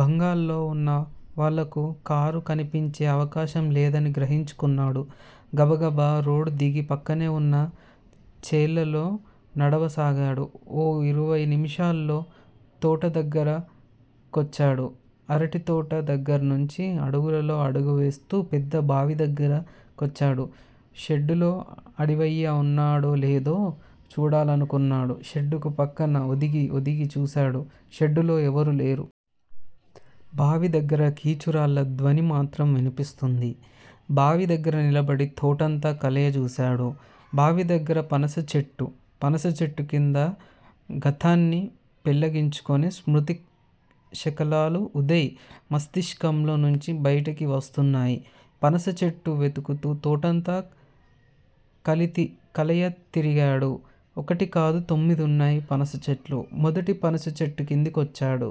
బంగళాలో వున్న వాళ్ళకు కారు కన్పించే అవకాశం లేదని గ్రహించుకొన్నాడు. గబగబా రోడ్డుదిగి పక్కనే వున్న చేలల్లో నడవసాగాడు. ఓ ఇరవై నిముషాల్లో తోటదగ్గర కొచ్చాడు. అరటితోట దగ్గిర్నుంచి అడుగులో అడుగువేస్తూ పెద్ద బావిదగ్గిర కొచ్చాడు. షెడ్డులో అడివయ్య ఉన్నాడో లేదో చూడాలనుకున్నాడు షెడ్డు పక్కన ఒదిగి ఒదిగి చూశాడు షెడ్డులో ఎవరూలేరు. బావి దగ్గిర కీచురాళ్ళ ధ్వనిమాత్రం విన్పిస్తోంది. బావి దగ్గర నిలబడి తోటంతా కలయజూశాడు. బావి దగ్గర పనసచెట్టు! పనసచెట్టుకింద గతాన్ని పెళ్ళగించుకొని శ్మృతి శకలాలు ఉదయ్ మస్తిష్కంలో నుంచి బయటికి వస్తున్నాయ్. పనస చెట్టును వెతుకుతూ, తోటంతా కలియతిరిగాడు. ఒక్కటి కాదు తొమ్మిదున్నాయి పనసచెట్లు. మొదటి పనసచెట్టుకింద కొచ్చాడు.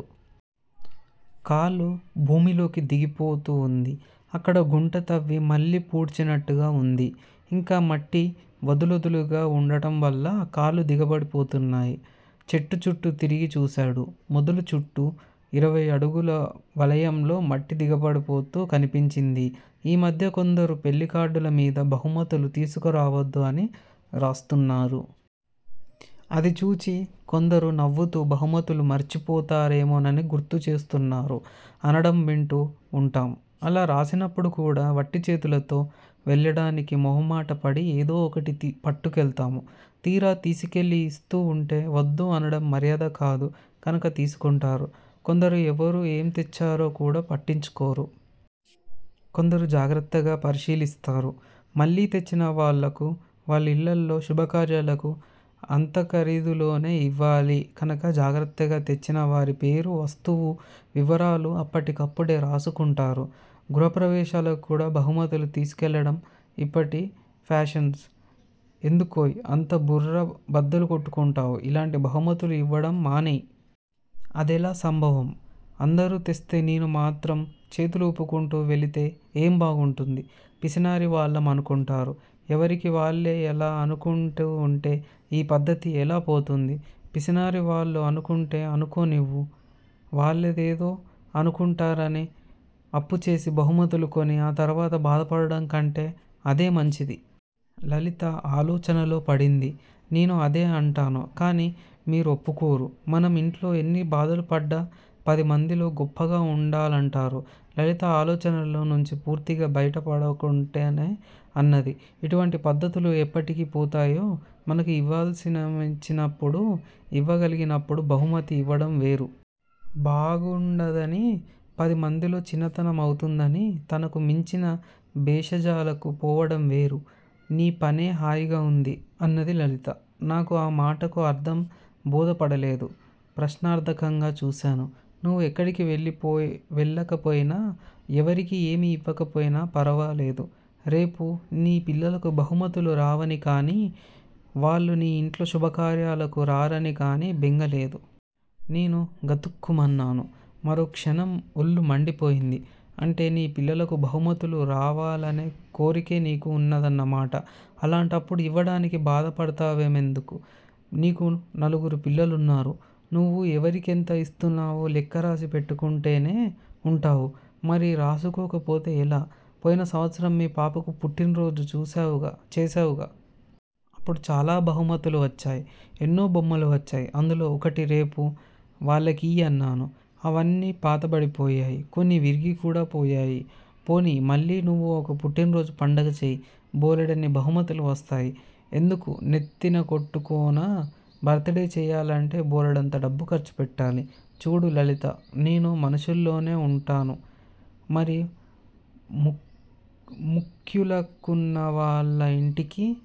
కాలు భూమిలోకి దిగిపోతూవుంది. అక్కడ గుంట తవ్వి మళ్ళీ పూడ్చినట్టుగా వుంది. ఇంకా మట్టి వదులొదులుగా వుండటంవల్ల కాళ్ళు దిగబడిపోతున్నాయి. చెట్టుచుట్టూ తిరిగి చూశాడు. మొదలు చుట్టూ ఇరవైఅడుగుల వలయంలో మట్టి దిగబడిపోతూ కన్పించింది. ఈ మధ్య కొందరు పెళ్ళికార్డులమీద బహుమతులు తీసుకురావద్దు అని రాస్తున్నారు. అది చూచి కొందరు నవ్వుతూ బహుమతులు మరిచిపోతారేమోనని గుర్తు చేస్తున్నారు అనడం వింటూ వుంటాం. అలా రాసినప్పుడు కూడా వట్టి చేతులతో వెళ్ళడానికి మొహమాటపడి ఏదో ఒకటి పట్టుకెళతాం. తీరా తీసుకెళ్ళి ఇస్తూ ఉంటే వద్దు అనడం మర్యాద కాదు. కనక తీసుకుంటారు. కొందరు ఎవరు ఏం తెచ్చారో కూడా పట్టించుకోరు. కొందరు జాగ్రత్తగా పరిశీలిస్తారు. మళ్ళీ తెచ్చిన వాళ్ళకు వాళ్ళ ఇళ్ళలో శుభకార్యాలకు అంతఖరీదులోనే ఇవ్వాలి కనక జాగ్రత్తగా తెచ్చిన వారి పేరూ, వస్తువు వివరాలూ అప్పటికప్పుడే రాసుకుంటారు. గృహ ప్రవేశాలకు కూడా బహుమతులు తీసుకెళ్ళడం ఇప్పటి ఫాషన్స్! ఎందుకోయ్ అంత బుర్ర బద్దలు కొట్టుకుంటావు? ఇలాంటి బహుమతులు ఇవ్వడం మానెయ్. అదెలా సంభవం? అందరూ తెస్తే నేను మాత్రం చేతులు ఊపుకుంటూ వెళితే ఏం బాగుంటుంది. పిసినారి వాళ్లం అనుకుంటారు. ఎవరికి వాళ్ళే యిలా అనుకుంటూ ఉంటే ఈ పధ్ధతి ఎలా పోతుంది? పిసినారి వాళ్లు అనుకుంటే అనుకోనివ్వు వాళ్ళేదో అనుకుంటారని అప్పుచేసి బహుమతులు కొని ఆ తరువాత బాధపడటం కంటే అదే మంచిది. లలిత ఆలోచనలో పడింది. నేనూ అదే అంటాను. కాని మీరు ఒప్పుకోరు మనం ఇంట్లో ఎన్ని బాధలు పడ్డా పదిమందిలో గొప్పగా ఉండాలంటారు. లలిత ఆలోచనలో నుంచి పూర్తిగా బయటపడకుండానే అన్నది. ఇటువంటి పద్ధతులు ఎప్పటికి పోతాయో మనకు ఇవ్వాలనిపించినప్పుడు ఇవ్వగలిగినప్పుడు బహుమతి ఇవ్వడం వేరు. బాగుండదనీ, పది మందిలో చిన్నతనం అవుతుందనీ తనకు మించిన భేషజాలకు పోవడం వేరు. నీ పనే హాయిగా ఉంది అన్నది లలిత. నాకు ఆ మాటకు అర్థం బోధపడలేదు ప్రశ్నార్థకంగా చూశాను. నువ్వు ఎక్కడికి వెళ్ళకపోయినా, ఎవరికీ ఏమి ఇవ్వకపోయినా ఫరవాలేదు. రేపు నీ పిల్లలకు బహుమతులు రావని కానీ, వాళ్ళు నీ ఇంట్లో శుభకార్యాలకు రారని కానీ బెంగ లేదు. నేను గతుక్కుమన్నాను. మరో క్షణం ఒళ్ళుమండిపోయింది. అంటే నీ పిల్లలకు బహుమతులు రావాలనే కోర్కె నీకూ ఉన్నదన్నమాట. అలాంటప్పుడు ఇవ్వడానికి బాధపడతావెందుకూ? నీకు నలుగురు పిల్లలు ఉన్నారు. నువ్వు ఎవరికెంత ఇస్తున్నావో లెక్క రాసి పెట్టుకుంటూనే ఉంటావ్. మరి రాసుకోకపోతే ఎలా? పోయిన సంవత్సరం మీ పాపకు పుట్టినరోజు చేశావుగా? అప్పుడు చాలా బహుమతులు వచ్చాయి. ఎన్నో బొమ్మలు వచ్చాయి అందులో ఒకటి రేపు వాళ్ళకియ్యి అన్నాను. అవన్నీ పాతబడిపోయాయి. కొన్ని విరిగి కూడా పోయాయి. పోనీయ్ మళ్ళీ నువ్వూ ఒక పుట్టినరోజు పండగ చెయ్. బోలెడన్ని బహుమతులు వస్తాయి. ఎందుకూ నెత్తినకొట్టుకోనా? బర్త్ డే చెయ్యాలంటే బోలెడంత డబ్బు ఖర్చు పెట్టాలి. చూడు లలిత! నేను మనుషుల్లోనే ఉంటున్నాను. మరీ ముఖ్యులనుకున్న వాళ్ళ ఇంటికి